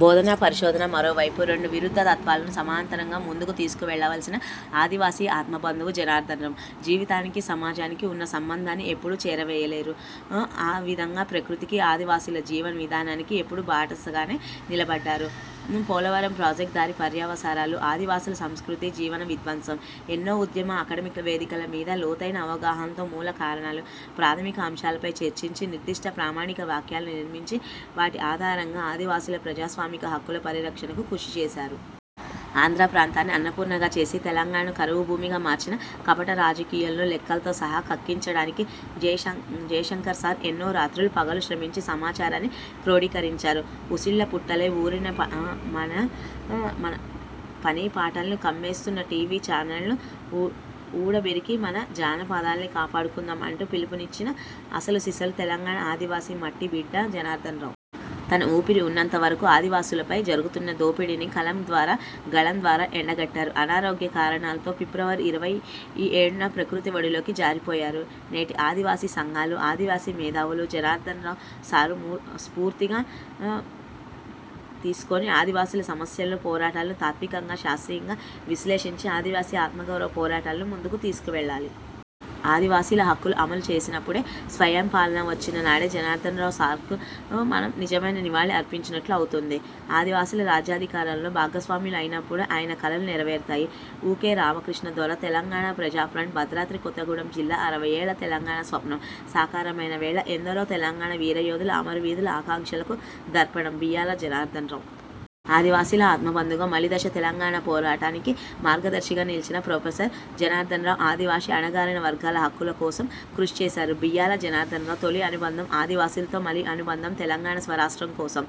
బోధన పరిశోధన మరోవైపు, రెండు విరుద్ధ తత్వాలనూ సమాంతరంగా ముందుకు తీసుకువెళ్ళిన ఆదివాసీ ఆత్మబంధువు జనార్దన్రావు. జీవితానికీ, సమాజానికీ ఉన్న సంబంధాన్ని ఎప్పుడూ వేరుచేయలేదు. ఆ విధంగా ప్రకృతికీ, ఆదివాసుల జీవన విధానానికీ ఎప్పుడూ బాసటగానే నిలబడ్డారు. పోలవరం ప్రాజెక్టు దాని పర్యవసానాలు ఆదివాసుల సంస్కృతి జీవన విధ్వంసం, ఎన్నో ఉద్యమ అకడమిక్ వేదికల మీద లోతైన అవగాహనతో, మూల కారణాలు, ప్రాథమిక అంశాలపై చర్చించి నిర్దిష్ట ప్రామాణిక వ్యాఖ్యానాలు నిర్మించి, వాటి ఆధారంగా ఆదివాసుల ప్రజాస్వామిక హక్కుల పరిరక్షణకు కృషి చేశారు. ఆంధ్ర ప్రాంతాన్ని అన్నపూర్ణగా చేసి తెలంగాణను కరువు భూమిగా మార్చిన కపట రాజకీయాలనూ లెక్కలతో సహ కక్కించడానికి జయశంకర్ సార్తో ఎన్నో రాత్రులు, పగలు శ్రమంచి సమాచారాన్ని క్రోడీకరించారు. ఉసిళ్ళ పుట్టలై ఊరిన మన పనిపాటల్ని కమ్మేస్తున్న టీవీ చానళ్ళను ఊడబెరికి మన జానపదాల్ని కాపాడుకుందాం అంటూ పిలుపునిచ్చిన అసలు సిసలు తెలంగాణ ఆదివాసీ మట్టి బిడ్డ జనార్దన్ రావు. తన ఊపిరి ఉన్నంత వరకూ ఆదివాసులపై జరుగుతున్న దోపిడీని కలం ద్వారా, గళం ద్వారా ఎండగట్టారు. అనారోగ్య కారణాలతో ఫిబ్రవరి ఇరవై ఏడున ప్రకృతి ఒడిలోకి జారిపోయారు. నేటి ఆదివాసీ సంఘాలు, ఆదివాసీ మేధావులు జనార్దన్రావు సార్ను స్ఫూర్తిగా తీసుకొని ఆదివాసుల సమస్యలనూ, పోరాటాలనూ తాత్వికంగా, శాస్త్రీయంగా విశ్లేషించి ఆదివాసీ ఆత్మగౌరవ పోరాటాలను ముందుకు తీసుకువెళ్ళాలి. ఆదివాసీల హక్కులు అమలు చేసినపుడే, స్వయం పాలన వచ్చిన నాడే జనార్దన్రావు సార్కు మనం నిజమైన నివాళి అర్పించినట్టు అవుతుంది. ఆదివాసులు రాజ్యాధికారంలో భాగస్వాములు అయినపుడే ఆయన కలలు నెరవేరుతాయి. వూకె రామకృష్ణ దొర తెలంగాణ ప్రజాఫ్రంట్, భద్రాద్రి కొత్తగూడెం జిల్లా అరవై ఏళ్ళ తెలంగాణ స్వప్నం సాకారమైన వేళ ఎందరో తెలంగాణ వీరయోధుల, అమరవీరుల ఆకాంక్షలకూ దర్పణం బియ్యాల జనార్దన్రావు. ఆదివాసీల ఆత్మబంధువుగా మలిదశ తెలంగాణ పోరాటానికి మార్గదర్శిగా నిలిచిన ప్రొఫెసర్ జనార్దన్రావు ఆదివాసీ అణగారిన వర్గాల హక్కుల కోసం కృషి చేశారు. బియ్యాల జనార్దన్రావు తొలి అనుబంధం ఆదివాసులతో. మలి అనుబంధం తెలంగాణ స్వరాష్ట్రం కోసం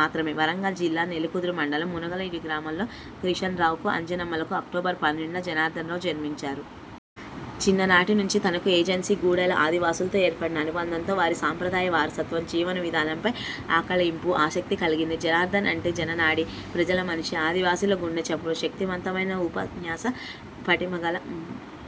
మాత్రమే. వరంగల్ జిల్లా నెల్లికుదురు మండలం మునిగలవీడు గ్రామంలో కిషన్రావు, అంజమ్మలకు అక్టోబర్ పన్నెండున జనార్దన్రావు జన్మించారు. చిన్న నాటి నుంచి తనకు ఏజెన్సీ గూడేల ఆదివాసులతో ఏర్పడిన అనుబంధంతో వారి సాంప్రదాయ వారసత్వం, జీవన విధానంపై ఆకళింపు, ఆసక్తి కలిగింది. జనార్దన్ అంటే జననాడి, ప్రజల మనిషి, ఆదివాసుల గుండెచప్పుడు. శక్తిమంతమైన ఉపన్యాస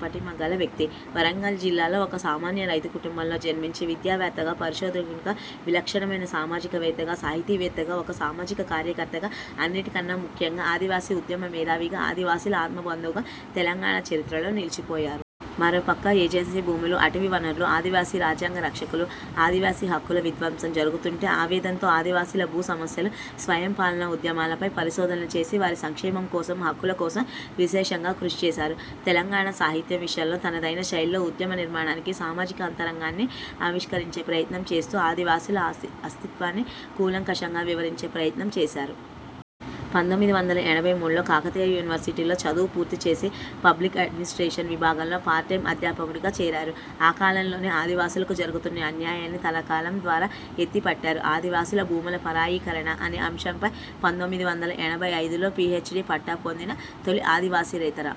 పటిమగల వ్యక్తి. వరంగల్ జిల్లాలో ఒక సామాన్య రైతు కుటుంబంలో జన్మించి విద్యావేత్తగా, పరిశోధకుడిగా విలక్షణమైన సామాజిక శాస్త్రవేత్తగా, సాహితీవేత్తగా, ఒక సామాజిక కార్యకర్తగా అన్నిటికన్నా ముఖ్యంగా ఆదివాసీ ఉద్యమ మేధావిగా, ఆదివాసీల ఆత్మబంధువుగా తెలంగాణ చరిత్రలో నిలిచిపోయారు. మరోపక్క ఏజెన్సీ భూములు, అటవీ వనరులు, ఆదివాసీల రాజ్యాంగ రక్షణలు, ఆదివాసీల హక్కుల విధ్వంసం జరుగుతుంటే ఆవేదనతో ఆదివాసీల భూ సమస్యలు, స్వయం పాలన ఉద్యమాలపై పరిశోధనలు చేసి వారి సంక్షేమం కోసం, హక్కుల కోసం విశేషంగా కృషి చేశారు. తెలంగాణ సాహిత్యం విషయంలో తనదైన శైలిలో ఉద్యమ నిర్మాణాన్ని సామాజిక అంతరంగాన్ని ఆవిష్కరించే ప్రయత్నం చేస్తూ ఆదివాసుల అస్తిత్వాన్ని కూలంకషంగా వివరించే ప్రయత్నం చేశారు. పంతొమ్మిది వందల ఎనభై మూడులో కాకతీయ యూనివర్సిటీలో చదువు పూర్తి చేసి పబ్లిక్ అడ్మినిస్ర్టేషన్ విభాగంలో పార్ట్ టైం అధ్యాపకుడిగా చేరారు. ఆ కాలంలోనే ఆదివాసులకు జరుగుతున్న అన్యాయాన్ని తన కలం ద్వారా ఎత్తిపట్టారు. ఆదివాసుల భూములు పరాయీకరణ అనే అంశంపై పంతొమ్మిది వందల ఎనభై ఐదులో పీహెచ్డీ పట్టా పొందిన తొలి ఆదివాసేతర